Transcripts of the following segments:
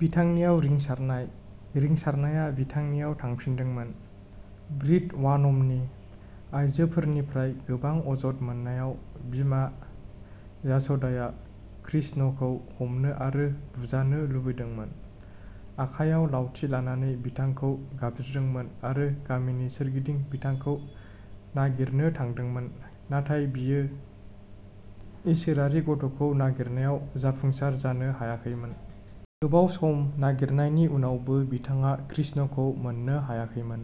बिथांनियाव रिंसारनाय। रिंसारनाया बिथांनियाव थांफिनदोंमोन। ब्रिडवानमनि आइजोफोरनिफ्राय गोबां अजद मोननायाव बिमा यास'धाया कृष्णखौ हमनो आरो बुजानो लुबैदोंमोन। आखायाव लावथि लानानै बिथांखौ गाबज्रिदोंमोन आरो गामिनि सोरगिदिं बिथांखौ नागिरनो थांदोंमोन। नाथाय बियो इसोरारि गथ'खौ नागिरनायाव जाफुंसार जानो हायाखैमोन। गोबाव सम नागिरनायनि उनावबो बिथाङा कृष्णखौ मोननो हायाखैमोन।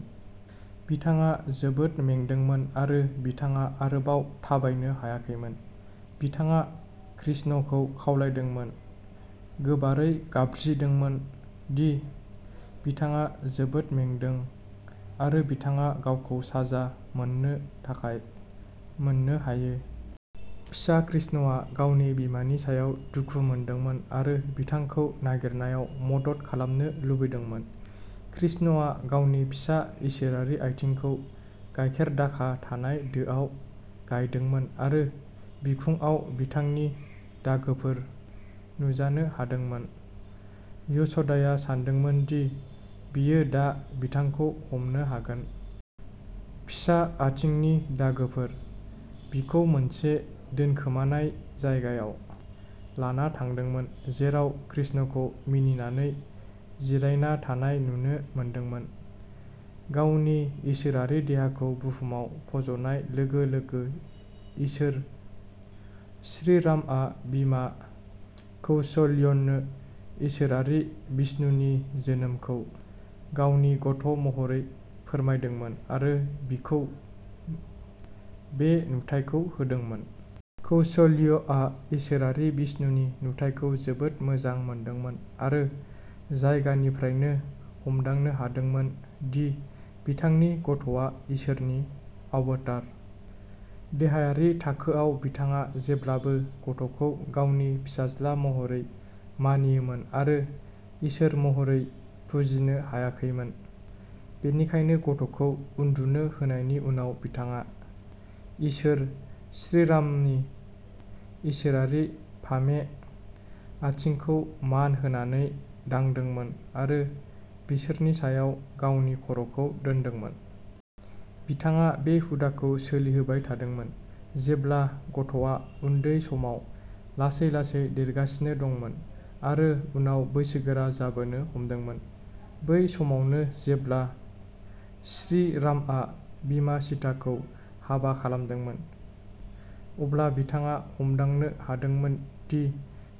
बिथाङा जोबोद मेंदोंमोन आरो बिथाङा आरोबाव थाबायनो हायाखैमोन। बिथाङा कृष्णखौ खावलायदोंमोन, गोबारै गाबज्रिदोंमोन दि बिथाङा जोबोद मेंदों आरो बिथाङा गावखौ साजा मोननो थाखाय मोननो हायो। फिसा कृष्णआ गावनि बिमानि सायाव दुखु मोनदोंमोन आरो बिथांखौ नागिरनायाव मदद खालामनो लुबैदोंमोन। कृष्णआ गावनि फिसा इसोरारि आथिंखौ गाइखेरदाखा थानाय दोआव गायदोंमोन आरो बिखुंआव बिथांनि दागोफोर नुजानो हादोंमोन। यश'धाया सानदोंमोन दि बियो दा बिथांखौ हमनो हागोन। फिसा आथिंनि दागोफोर, बिखौ मोनसे दोनखोमानाय जायगायाव लाना थांदोंमोन जेराव कृष्णखौ मिनिनानै जिरायना थानाय नुनो मोनदोंमोन। गावनि इसोरारि देहाखौ बुहुमाव फज'नाय लोगो लोगो इसोर श्रीरामआ बिमा कौसल्यनो इसोरारि बिष्णुनि जोनोमखौ गावनि गथ' महरै फोरमायदोंमोन आरो बिखौ बे नुथायखौ होदोंमोन। कौसल्यआ इसोरारि बिष्णुनि नुथायखौ जोबोद मोजां मोनदोंमोन आरो जागायनायनिफ्रायनो हमदांनो हादोंमोन दि बिथांनि गथ'आ इसोरनि अवतार। देहायारि थाखोआव बिथाङा जेब्लाबो गथ'खौ गावनि फिसाज्ला महरै मानियोमोन आरो इसोर महरै फुजिनो हायाखैमोन। बेनिखायनो गथ'खौ उन्दुनो होनायनि उनाव बिथाङा इसोर श्रीरामनि इसोरारि फामे आथिंखौ मान होनानै दांदोंमोन आरो बिसोरनि सायाव गावनि खर'खौ दोनदोंमोन। बिथाङा बे हुदाखौ सोलिहोबाय थादोंमोन, जेब्ला गथ'आ उन्दै समाव लासै लासै देरगासिनो दंमोन आरो उनाव बैसोगोरा जाबोनो हमदोंमोन। बै समावनो जेब्ला श्रीरामआ बिमा सीताखौ हाबा खालामदोंमोन, अब्ला बिथाङा हमदांनो हादोंमोन दि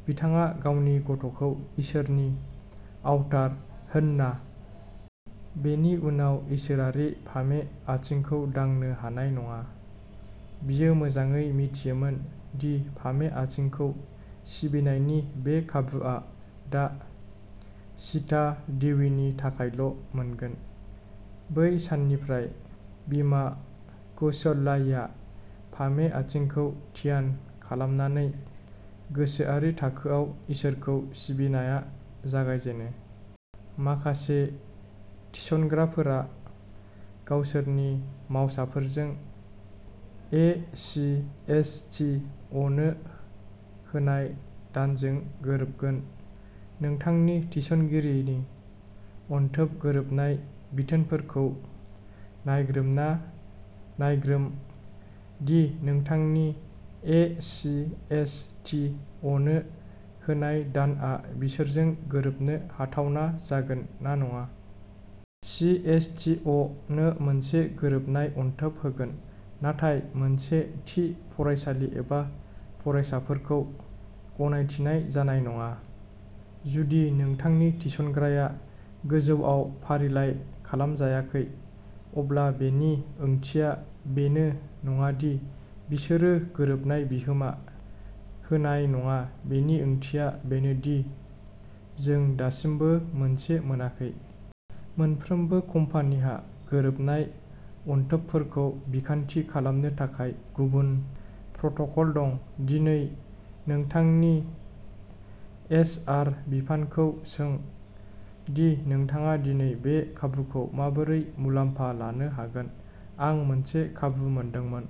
बिथाङा गावनि गथ'खौ इसोरनि अवतार होनना। बेनि उनाव इसोरारि फामे आथिंखौ दांनो हानाय नङा। बियो मोजाङै मिथियोमोन दि फामे आथिंखौ सिबिनायनि बे खाबुआ दा सीता देवीनि थाखायल' मोनगोन। बै साननिफ्राय बिमा कौसल्याया फामे आथिंखौ ध्यान खालामनानै गोसोआरि थाखोआव इसोरखौ सिबिनाया जागायजेनो। माखासे थिसनग्राफोरा गावसोरनि मावसाफोरजों ए C S T a no होनाय दानजों गोरोबगोन। नोंथांनि थिसनगिरिनि अनथोब गोरोबनाय बिथोनफोरखौ नायग्रोमना नायग्रोम दि नोंथांनि ए C S T a no होनाय दानआ बिसोरजों गोरोबनो हाथावना जागोन ना नङा। C S T a no मोनसे गोरोबनाय अनथोब होगोन, नाथाय मोनसे थि फरायसालि एबा फरायसाफोरखौ गनायथिनाय जानाय नङा। जुदि नोंथांनि थिसनग्राया गोजौआव फारिलाइ खालामजायाखै, अब्ला बेनि ओंथिया बेनो नङा दि बिसोरो गोरोबनाय बिहोमा होनाय नङा बेनि ओंथिया बेनो दि जों दासिमबो मोनसे मोनाखै। मोनफ्रोमबो कम्पानिहा गोरोबनाय अनथोबफोरखौ बिखान्थि खालामनो थाखाय गुबुन प्रट'कल दं। दिनै नोंथांनि एच आर बिफानखौ सों दि नोंथाङा दिनै बे खाबुखौ माबोरै मुलाम्फा लानो हागोन। आं मोनसे खाबु मोनदोंमोन।